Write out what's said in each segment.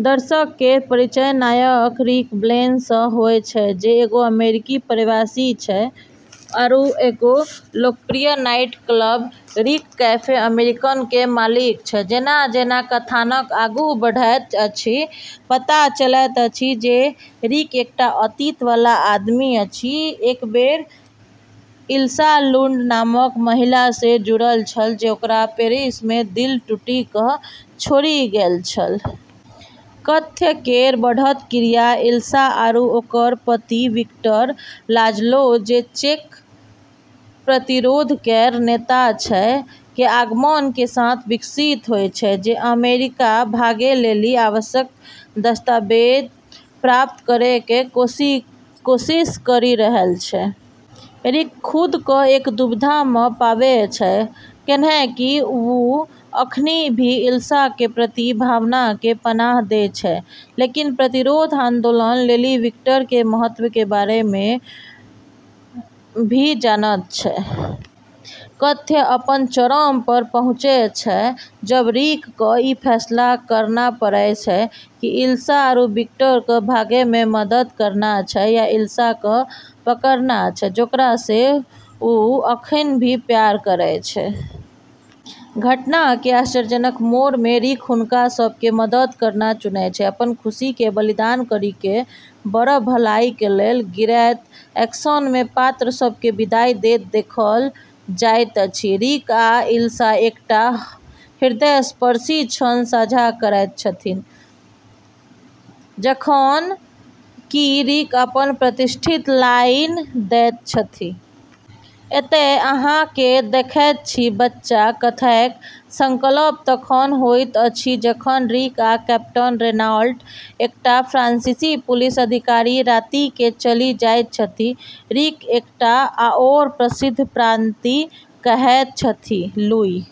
दर्शक केरऽ परिचय नायक रिक ब्लेन सऽ होय छै, जे एगो अमेरिकी प्रवासी छै आरू एगो लोकप्रिय night club, Rick cafe American के मालिक छै। जेना-जेना कथानक आगू बढ़ैत अछि, पता चलैत अछि जे रिक एकटा अतीत वाला आदमी अछि, एक बेर इल्सा लुंड नामक महिला सं जुड़ल छल, जे ओकरा पेरिस मे दिल टूटि कऽ छोड़ि गेल छल । कथ्य केरऽ बढ़तऽ क्रिया इल्सा आरू ओकरऽ पति विक्टर लाजलो, जे चेक प्रतिरोध केरऽ नेता छै, के आगमन के साथ विकसित होय छै, जे अमेरिका भागै लेली आवश्यक दस्तावेज प्राप्त करै के कोशिश करी रहलऽ छै। रिक खुद कऽ एक दुविधा मऽ पाबै छै, कैन्हेंकि वू अखनी भी इल्सा के प्रति भावना के पनाह दै छै, लेकिन प्रतिरोध आन्दोलन लेली विक्टर के महत्व के बारे मऽ भी जानत छै। कथ्य अपनऽ चरम पर पहुँचै छै जबऽ रिक कऽ ई फैसला करना पड़ै छै कि इल्सा आरू विक्टर कऽ भागै मऽ मदद करना छै, या इल्सा कऽ पकड़ना छै, जेकरा सऽ वू अखनी भी प्यार करै छै। घटना के आश्चर्यजनक मोड़ में रिक हुनका सब के मदद करना चुनै छै, अपनऽ खुशी के बलिदान करी कऽ बड़ऽ भलाई के लेलऽ। गिरैत एक्शन में पात्र सब के विदाई दैत देखल जाइत अछि, रिक आ इल्सा एकटा हृदयस्पर्शी क्षण साझा करैत छथि, जखन कि रिक अपन प्रतिष्ठित लाइन दैत छथि । एतय अहाँ के देखैत छी, बच्चा। कथ्यक संकल्प तखन होइत अछि जखन रिक आ कैप्टन रेनॉल्ट, एकटा फ्रांसीसी पुलिस अधिकारी, राति मे चलि जाइत छथि, रिक एकटा आओर प्रसिद्ध पाँति कहैत छथि ।लुई,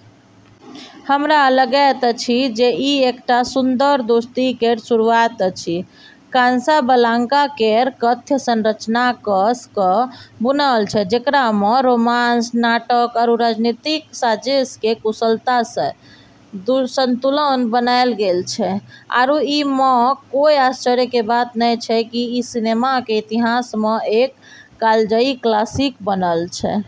हमरा लगैत अछि जे ई एकटा सुन्दर दोस्ती केर शुरुआत अछि। कासाब्लांका केरऽ कथ्य संरचना कस कऽ बुनलऽ छै, जेकरा मऽ रोमांस, नाटक आरू राजनीतिक साजिश के कुशलता सऽ संतुलन बनैलऽ गेलऽ छै, आरू ई मऽ कोय आश्चर्य के बात नै छै कि ई सिनेमा के इतिहास मऽ एक कालजयी क्लासिक बनलऽ छै।